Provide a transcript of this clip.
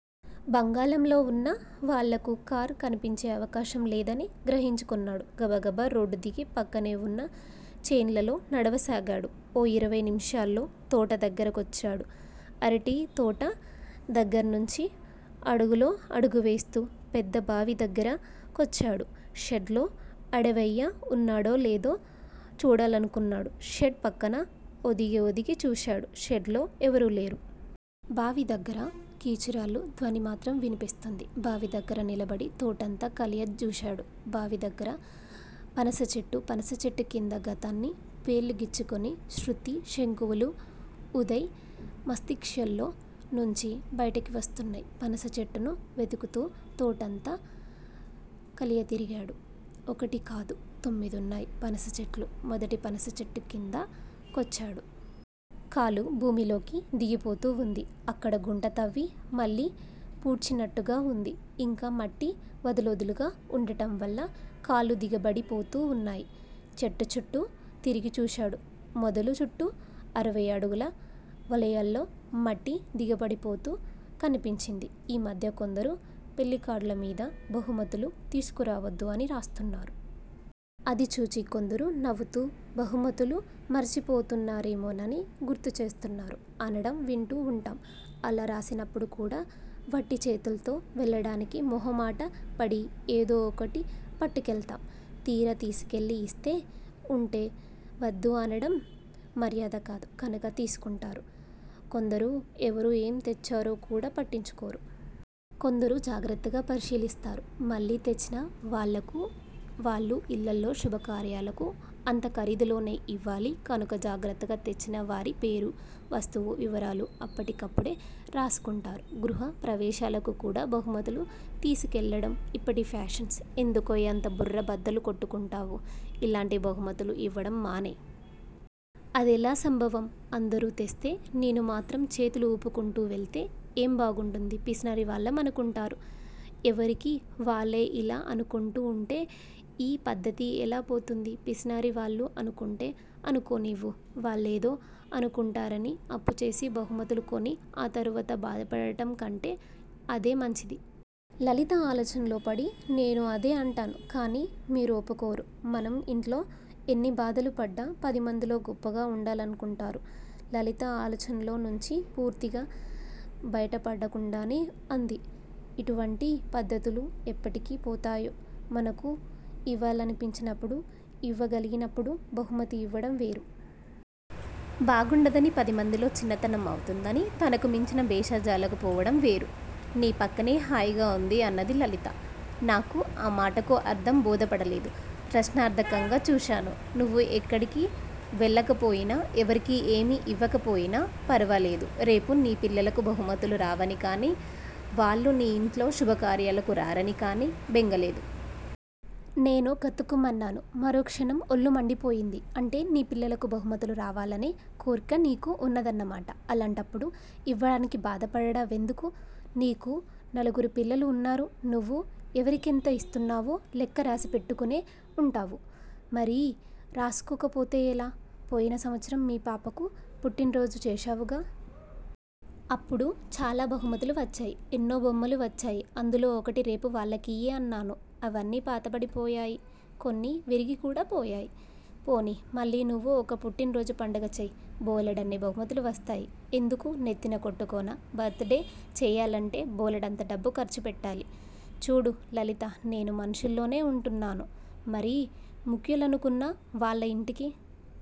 బంగళాలో వున్న వాళ్ళకు కారు కన్పించే అవకాశం లేదని గ్రహించుకొన్నాడు. గబగబా రోడ్డుదిగి పక్కనే వున్న చేలల్లో నడవసాగాడు. ఓ ఇరవై నిముషాల్లో తోటదగ్గర కొచ్చాడు. అరటితోట దగ్గిర్నుంచి అడుగులో అడుగువేస్తూ పెద్ద బావిదగ్గిర కొచ్చాడు. షెడ్డులో అడివయ్య ఉన్నాడో లేదో చూడాలనుకున్నాడు షెడ్డు పక్కన ఒదిగి ఒదిగి చూశాడు షెడ్డులో ఎవరూలేరు. బావి దగ్గిర కీచురాళ్ళ ధ్వనిమాత్రం విన్పిస్తోంది. బావి దగ్గర నిలబడి తోటంతా కలయజూశాడు. బావి దగ్గర పనసచెట్టు! పనసచెట్టుకింద గతాన్ని పెళ్ళగించుకొని శ్మృతి శకలాలు ఉదయ్ మస్తిష్కలో నుంచి బయటికి వస్తున్నాయ్. పనస చెట్టును వెతుకుతూ, తోటంతా కలియతిరిగాడు. ఒక్కటి కాదు తొమ్మిదున్నాయి పనసచెట్లు. మొదటి పనసచెట్టుకింద కొచ్చాడు. కాలు భూమిలోకి దిగిపోతూవుంది. అక్కడ గుంట తవ్వి మళ్ళీ పూడ్చినట్టుగా వుంది. ఇంకా మట్టి వదులొదులుగా వుండటంవల్ల కాళ్ళు దిగబడిపోతున్నాయి. చెట్టుచుట్టూ తిరిగి చూశాడు. మొదలు చుట్టూ ఇరవైఅడుగుల వలయంలో మట్టి దిగబడిపోతూ కన్పించింది. ఈ మధ్య కొందరు పెళ్ళికార్డులమీద బహుమతులు తీసుకురావద్దు అని రాస్తున్నారు. అది చూచి కొందరు నవ్వుతూ బహుమతులు మరిచిపోతారేమోనని గుర్తు చేస్తున్నారు అనడం వింటూ వుంటాం. అలా రాసినప్పుడు కూడా వట్టి చేతులతో వెళ్ళడానికి మొహమాటపడి ఏదో ఒకటి పట్టుకెళతాం. తీరా తీసుకెళ్ళి ఇస్తే ఉంటే వద్దు అనడం మర్యాద కాదు. కనక తీసుకుంటారు. కొందరు ఎవరు ఏం తెచ్చారో కూడా పట్టించుకోరు. కొందరు జాగ్రత్తగా పరిశీలిస్తారు. మళ్ళీ తెచ్చిన వాళ్ళకు వాళ్ళు ఇళ్ళలో శుభకార్యాలకు అంతఖరీదులోనే ఇవ్వాలి కనక జాగ్రత్తగా తెచ్చిన వారి పేరూ, వస్తువు వివరాలూ అప్పటికప్పుడే రాసుకుంటారు. గృహ ప్రవేశాలకు కూడా బహుమతులు తీసుకెళ్ళడం ఇప్పటి ఫాషన్స్! ఎందుకోయ్ అంత బుర్ర బద్దలు కొట్టుకుంటావు? ఇలాంటి బహుమతులు ఇవ్వడం మానెయ్. అదెలా సంభవం? అందరూ తెస్తే నేను మాత్రం చేతులు ఊపుకుంటూ వెళితే ఏం బాగుంటుంది. పిసినారి వాళ్లం అనుకుంటారు. ఎవరికి వాళ్ళే యిలా అనుకుంటూ ఉంటే ఈ పధ్ధతి ఎలా పోతుంది? పిసినారి వాళ్లు అనుకుంటే అనుకోనివ్వు వాళ్ళేదో అనుకుంటారని అప్పుచేసి బహుమతులు కొని ఆ తరువాత బాధపడటం కంటే అదే మంచిది. లలిత ఆలోచనలో పడి. నేనూ అదే అంటాను. కాని మీరు ఒప్పుకోరు మనం ఇంట్లో ఎన్ని బాధలు పడ్డా పదిమందిలో గొప్పగా ఉండాలనుకుంటారు. లలిత ఆలోచనలో నుంచి పూర్తిగా బయటపడకుండానే అంది. ఇటువంటి పద్ధతులు ఎప్పటికి పోతాయో మనకు ఇవ్వాలనిపించినప్పుడు ఇవ్వగలిగినప్పుడు బహుమతి ఇవ్వడం వేరు. బాగుండదనీ, పది మందిలో చిన్నతనం అవుతుందనీ తనకు మించిన భేషజాలకు పోవడం వేరు. నీ పక్కనే హాయిగా ఉంది అన్నది లలిత. నాకు ఆ మాటకు అర్థం బోధపడలేదు ప్రశ్నార్థకంగా చూశాను. నువ్వు ఎక్కడికి వెళ్ళకపోయినా, ఎవరికీ ఏమి ఇవ్వకపోయినా ఫరవాలేదు. రేపు నీ పిల్లలకు బహుమతులు రావని కానీ, వాళ్ళు నీ ఇంట్లో శుభకార్యాలకు రారని కానీ బెంగ లేదు. నేను గతుక్కుమన్నాను. మరో క్షణం ఒళ్ళుమండిపోయింది. అంటే నీ పిల్లలకు బహుమతులు రావాలనే కోర్కె నీకూ ఉన్నదన్నమాట. అలాంటప్పుడు ఇవ్వడానికి బాధపడడంవెందుకూ? నీకు నలుగురు పిల్లలు ఉన్నారు. నువ్వు ఎవరికెంత ఇస్తున్నావో లెక్క రాసి పెట్టుకునే ఉంటావ్. మరి రాసుకోకపోతే ఎలా? పోయిన సంవత్సరం మీ పాపకు పుట్టినరోజు చేశావుగా? అప్పుడు చాలా బహుమతులు వచ్చాయి. ఎన్నో బొమ్మలు వచ్చాయి అందులో ఒకటి రేపు వాళ్ళకియ్యి అన్నాను. అవన్నీ పాతబడిపోయాయి. కొన్ని విరిగి కూడా పోయాయి. పోనీయ్ మళ్ళీ నువ్వూ ఒక పుట్టినరోజు పండగ చెయ్. బోలెడన్ని బహుమతులు వస్తాయి. ఎందుకూ నెత్తినకొట్టుకోనా? బర్త్ డే చెయ్యాలంటే బోలెడంత డబ్బు ఖర్చు పెట్టాలి. చూడు లలిత! నేను మనుషుల్లోనే ఉంటున్నాను. మరీ ముఖ్యులనుకున్న వాళ్ళ ఇంటికి